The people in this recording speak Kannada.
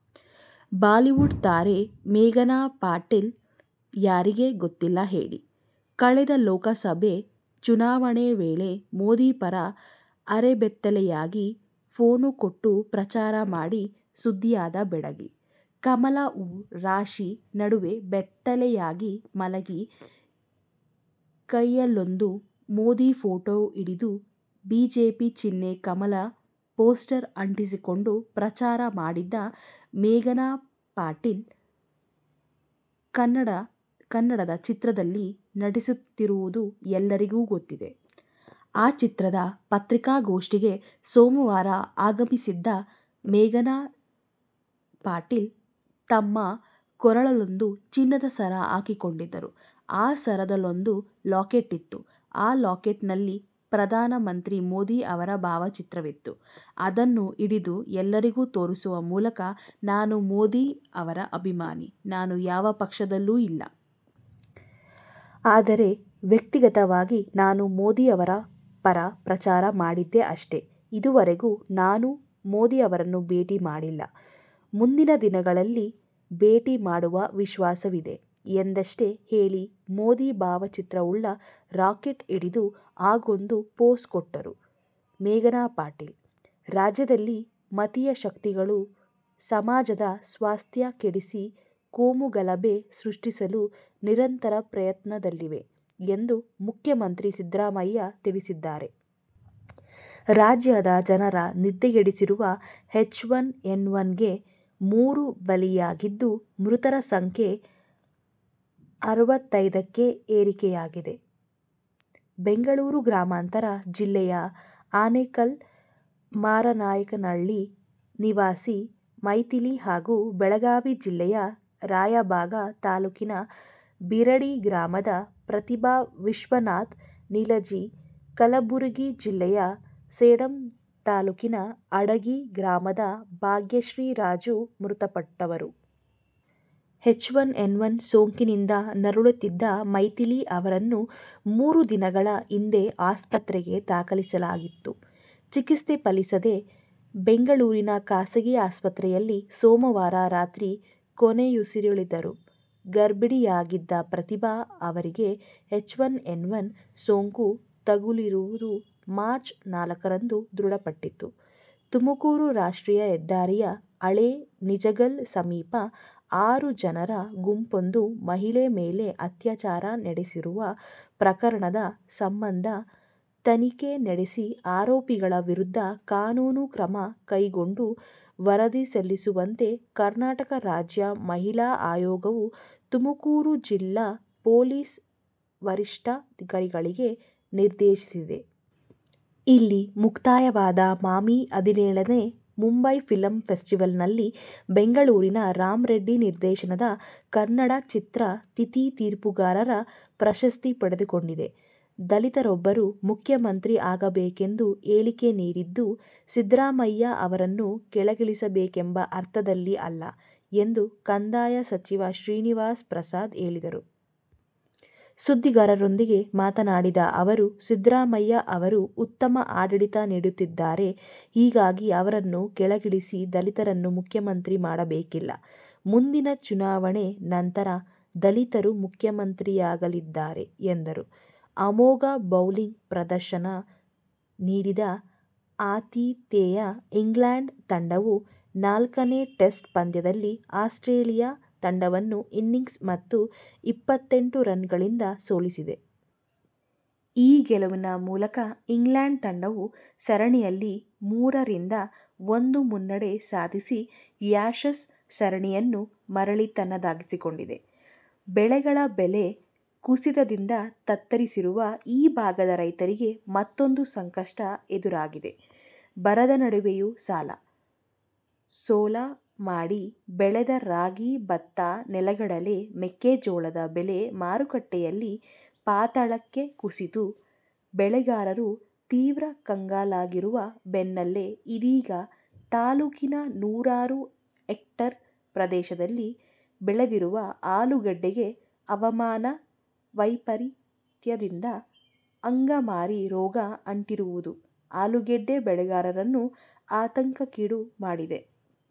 ಬಾಲಿವುಡ್ ತಾರೆ ಮೇಘನಾಪಟೇಲ್ ಯಾರಿಗೆ ಗೊತ್ತಿಲ್ಲ ಹೇಳಿ? ಕಳೆದ ಲೋಕಸಭೆ ಚುನಾವಣೆ ವೇಳೆ ಮೋದಿ ಪರ ಅರೆಬೆತ್ತಲೆಯಾಗಿ ಫೋಸು ಕೊಟ್ಟು ಪ್ರಚಾರ ಮಾಡಿ ಸುದ್ದಿಯಾದ ಬೆಡಗಿ. ಕಮಲ ಹೂ ರಾಶಿ ನಡುವೆ ಬೆತ್ತಲೆಯಾಗಿ ಮಲಗಿ, ಕೈಯಲ್ಲೊಂದು ಮೋದಿ ಫೋಟೋ ಹಿಡಿದು, ಬಿಜೆಪಿ ಚಿಹ್ನೆ ಕಮಲ ಪೋಸ್ಟರ್ ಅಂಟಿಸಿಕೊಂಡು ಪ್ರಚಾರ ಮಾಡಿದ್ದ ಮೇಘನಾಪಟೇಲ್, ಕನ್ನಡದ ಚಿತ್ರದಲ್ಲಿ ನಟಿಸುತ್ತಿರೋದು ಎಲ್ಲರಿಗೂ ಗೊತ್ತಿದೆ. ಆ ಚಿತ್ರದ ಪತ್ರಿಕಾಗೋಷ್ಠಿಗೆ ಸೋಮವಾರ ಆಗಮಿಸಿದ್ದ ಮೇಘನಾಪಟೇಲ್, ತಮ್ಮ ಕೊರಳಲ್ಲೊಂದು ಚಿನ್ನದ ಸರ ಹಾಕಿಕೊಂಡಿದ್ದರು. ಆ ಸರದಲ್ಲೊಂದು ಲಾಕೆಟ್ ಇತ್ತು. ಆ ಲಾಕೆಟ್ನಲ್ಲಿ ಪ್ರಧಾನ ಮಂತ್ರಿ ಮೋದಿ ಅವರ ಭಾವಚಿತ್ರವಿತ್ತು. ಅದನ್ನು ಹಿಡಿದು ಎಲ್ಲರಿಗೂ ತೋರಿಸುವ ಮೂಲಕ, ನಾನು ಮೋದಿ ಅವರ ಅಭಿಮಾನಿ. ನಾನು ಯಾವ ಪಕ್ಷದಲ್ಲೂ ಇಲ್ಲ. ಆದರೆ, ವ್ಯಕ್ತಿಗತವಾಗಿ ನಾನು ಮೋದಿ ಅವರ ಪರ ಪ್ರಚಾರ ಮಾಡಿದ್ದೆ ಅಷ್ಟೇ. ಇದೂವರೆಗೂ ನಾನು ಮೋದಿ ಅವರನ್ನು ಭೇಟಿ ಮಾಡಿಲ್ಲ. ಮುಂದಿನ ದಿನಗಳಲ್ಲಿ ಭೇಟಿ ಮಾಡುವ ವಿಶ್ವಾಸವಿದೆ' ಎಂದಷ್ಟೇ ಹೇಳಿ ಮೋದಿ ಭಾವಚಿತ್ರವುಳ್ಳ ರಾಕೆಟ್ ಹಿಡಿದು ಹಾಗೊಂದು ಫೋಸ್ ಕೊಟ್ಟರು ಮೇಘನಾಪಟೇಲ್. ರಾಜ್ಯದಲ್ಲಿ ಮತೀಯ ಶಕ್ತಿಗಳು ಸಮಾಜದ ಸ್ವಾಸ್ಥ್ಯ ಕೆಡಿಸಿ ಕೋಮುಗಲಭೆ ಸೃಷ್ಟಿಸಲು ನಿರಂತರ ಪ್ರಯತ್ನದಲ್ಲಿವೆ ಎಂದು ಮುಖ್ಯಮಂತ್ರಿ ಸಿದ್ದರಾಮಯ್ಯ ತಿಳಿಸಿದ್ದಾರೆ. ರಾಜ್ಯದ ಜನರ ನಿದ್ದೆಗೆಡಿಸಿರುವ ಎಚ್ಒನ್ ಏನ್ ಒನ್ಗೆ ಮೂರು ಬಲಿಯಾಗಿದ್ದು, ಮೃತರ ಸಂಖ್ಯೆ ಆರವತೈದಕ್ಕೆ ಏರಿಕೆಯಾಗಿದೆ. ಬೆಂಗಳೂರು ಗ್ರಾಮಾಂತರ ಜಿಲ್ಲೆಯ ಆನೇಕಲ್ನ ಮಾರನಾಯಕನಹಳ್ಳಿ ನಿವಾಸಿ ಮೈಥಿಲಿ ಹಾಗೂ ಬೆಳಗಾವಿ ಜಿಲ್ಲೆಯ ರಾಯಬಾಗ ತಾಲೂಕಿನ ಬಿರಡಿ ಗ್ರಾಮದ ಪ್ರತಿಭಾ ವಿಶ್ವನಾಥ ನಿಲಜಿ, ಕಲಬುರಗಿ ಜಿಲ್ಲೆಯ ಸೇಡಂ ತಾಲೂಕಿನ ಅಡಕಿ ಗ್ರಾಮದ ಭಾಗ್ಯಶ್ರೀರಾಜು ಮೃತಪಟ್ಟವರು. ಎಚ್ ಒನ್ ನ್ ಒನ್ ಸೋಂಕಿನಿಂದ ನರಳುತ್ತಿದ್ದ ಮೈಥಿಲಿ ಅವರನ್ನು ಮೂರು ದಿನಗಳ ಹಿಂದೆ ಆಸ್ಪತ್ರೆಗೆ ದಾಖಲಿಸಲಾಗಿತ್ತು. ಚಿಕತ್ಸೆ ಫಲಿಸದೆ ಬೆಂಗಳೂರಿನ ಖಾಸಗಿ ಆಸ್ಪತ್ರೆಯಲ್ಲಿ ಸೋಮವಾರ ರಾತ್ರಿ ಕೊನೆಯುಸಿರೆಳೆದರು. ಗರ್ಭಿಣಿಯಾಗಿದ್ದ ಪ್ರತಿಭಾ ಅವರಿಗೆ ಎಚ್ಒನ್ ಏನ್ ಒನ್ ಸೋಂಕು ತಗುಲಿರುವುದು ಮಾರ್ಚ್ ನಾಲ್ಕರಂದು ದೃಢಪಟ್ಟಿತ್ತು. ತುಮಕೂರು ರಾಷ್ಟ್ರಿಯ ಹೆದ್ದಾರಿಯ ಹಳೆ ನಿಜಗಲ್ ಸಮೀಪ ಆರು ಜನರ ಗುಂಪೊಂದು ಮಹಿಳೆ ಮೇಲೆ ಅತ್ಯಾಚಾರ ನಡೆಸಿರುವ ಪ್ರಕರಣದ ಸಂಬಂಧ ತನಿಖೆ ನಡೆಸಿ ಆರೋಪಿಗಳ ವಿರುದ್ಧ ಕಾನೂನು ಕ್ರಮ ಕೈಗೊಂಡು ವರದಿ ಸಲ್ಲಿಸುವಂತೆ ಕರ್ನಾಟಕ ರಾಜ್ಯ ಮಹಿಳಾ ಆಯೋಗವು ತುಮಕೂರು ಜಿಲ್ಲಾ ಪೊಲೀಸ್ ವರಿಷ್ಠಾಧಿಕಾರಿಗಳಿಗೆ ನಿರ್ದೇಶಿಸಿದೆ. ಇಲ್ಲಿ ಮುಕ್ತಾಯವಾದ ಮಾಮಿ ಹದಿನೇಳನೇ ಮುಂಬೈ ಫಿಲ್ಮ್ ಫೆಸ್ಟಿವಲ್ನಲ್ಲಿ ಬೆಂಗಳೂರಿನ ರಾಮ್ ರೆಡ್ಡಿ ನಿರ್ದೇಶನದ ಕನ್ನಡ ಚಿತ್ರ ತಿಥಿ ತೀರ್ಪುಗಾರರ ಪ್ರಶಸ್ತಿ ಪಡೆದುಕೊಂಡಿದೆ. ದಲಿತರೊಬ್ಬರು ಮುಖ್ಯಮಂತ್ರಿ ಆಗಬೇಕೆಂದು ಹೇಳಿಕೆ ನೀಡಿದ್ದು ಸಿದ್ದರಾಮಯ್ಯ ಅವರನ್ನು ಕೆಳಗಿಳಿಸಬೇಕೆಂಬ ಅರ್ಥದಲ್ಲಿ ಅಲ್ಲ ಎಂದು ಕಂದಾಯ ಸಚಿವ ಶ್ರೀನಿವಾಸ್ ಪ್ರಸಾದ್ ಹೇಳಿದರು. ಸುದ್ದಿಗಾರರೊಂದಿಗೆ ಮಾತನಾಡಿದ ಅವರು, ಸಿದ್ದರಾಮಯ್ಯ ಅವರು ಉತ್ತಮ ಆಡಳಿತ ನೀಡುತ್ತಿದ್ದಾರೆ. ಹೀಗಾಗಿ ಅವರನ್ನು ಕೆಳಗಿಳಿಸಿ ದಲಿತರನ್ನು ಮುಖ್ಯಮಂತ್ರಿ ಮಾಡಬೇಕಿಲ್ಲ. ಮುಂದಿನ ಚುನಾವಣೆ ನಂತರ ದಲಿತರು ಮುಖ್ಯಮಂತ್ರಿಯಾಗಲಿದ್ದಾರೆ ಎಂದರು. ಅಮೋಘ ಬೌಲಿಂಗ್ ಪ್ರದರ್ಶನ ನೀಡಿದ ಆತಿಥೇಯ ಇಂಗ್ಲೆಂಡ್ ತಂಡವು ನಾಲ್ಕನೇ ಟೆಸ್ಟ್ ಪಂದ್ಯದಲ್ಲಿ ಆಸ್ಟ್ರೇಲಿಯ ತಂಡವನ್ನು ಇನ್ನಿಂಗ್ಸ್ ಮತ್ತು ಎಪ್ಪತ್ತೆಂಟು ರನ್ನುಗಳಿಂದ ಸೋಲಿಸಿದೆ. ಈ ಗೆಲುವಿನ ಮೂಲಕ ಇಂಗ್ಲೆಂಡ್ ತಂಡವು ಸರಣಿಯಲ್ಲಿ ಮೂರ ರಿಂದ ಒಂದು ಮುನ್ನಡೆ ಸಾಧಿಸಿ ಆ್ಯಶಸ್ ಸರಣಿಯನ್ನು ಮರಳಿ ತನ್ನದಾಗಿಸಿಕೊಂಡಿದೆ. ಬೆಳೆಗಳ ಬೆಲೆ ಕುಸಿತದಿಂದ ತತ್ತರಿಸಿರುವ ಈ ಭಾಗದ ರೈತರಿಗೆ ಮತ್ತೂಂದು ಸಂಕಷ್ಟ ಎದುರಾಗಿದೆ. ಬರದ ನಡುವೆಯೂ ಸಾಲ, ಸೋಲ ಮಾಡಿ ಬೆಳೆದ ರಾಗಿ, ಭತ್ತ, ನೆಲಗಡಲೆ, ಮೆಕ್ಕೆಜೋಳದ ಬೆಲೆ ಮಾರುಕಟ್ಟೆಯಲ್ಲಿ ಪಾತಾಳಕ್ಕೆ ಕುಸಿದು ಬೆಳೆಗಾರರು ತೀವ್ರ ಕಂಗಾಲಾಗಿರುವ ಬೆನ್ನಲೇ ಇದೀಗ ತಾಲೂಕಿನ ನೂರಾರು ಹೇಕ್ಟೆರ್ ಪ್ರದೇಶದಲ್ಲಿ ಬೆಳೆದಿರುವ ಅಲೂಗಡ್ಡೆಗೆ ಹವಾಮಾನ ವೈಪರಿತ್ಯದಿಂದ ಅಂಗಮಾರಿ ರೋಗ ಅಂಟಿರುವುದು ಆಲೂಗಡ್ಡೆ ಬೆಳೆಗಾರರನ್ನು ಆತಂಕಕ್ಕೀಡು ಮಾಡಿದೆ.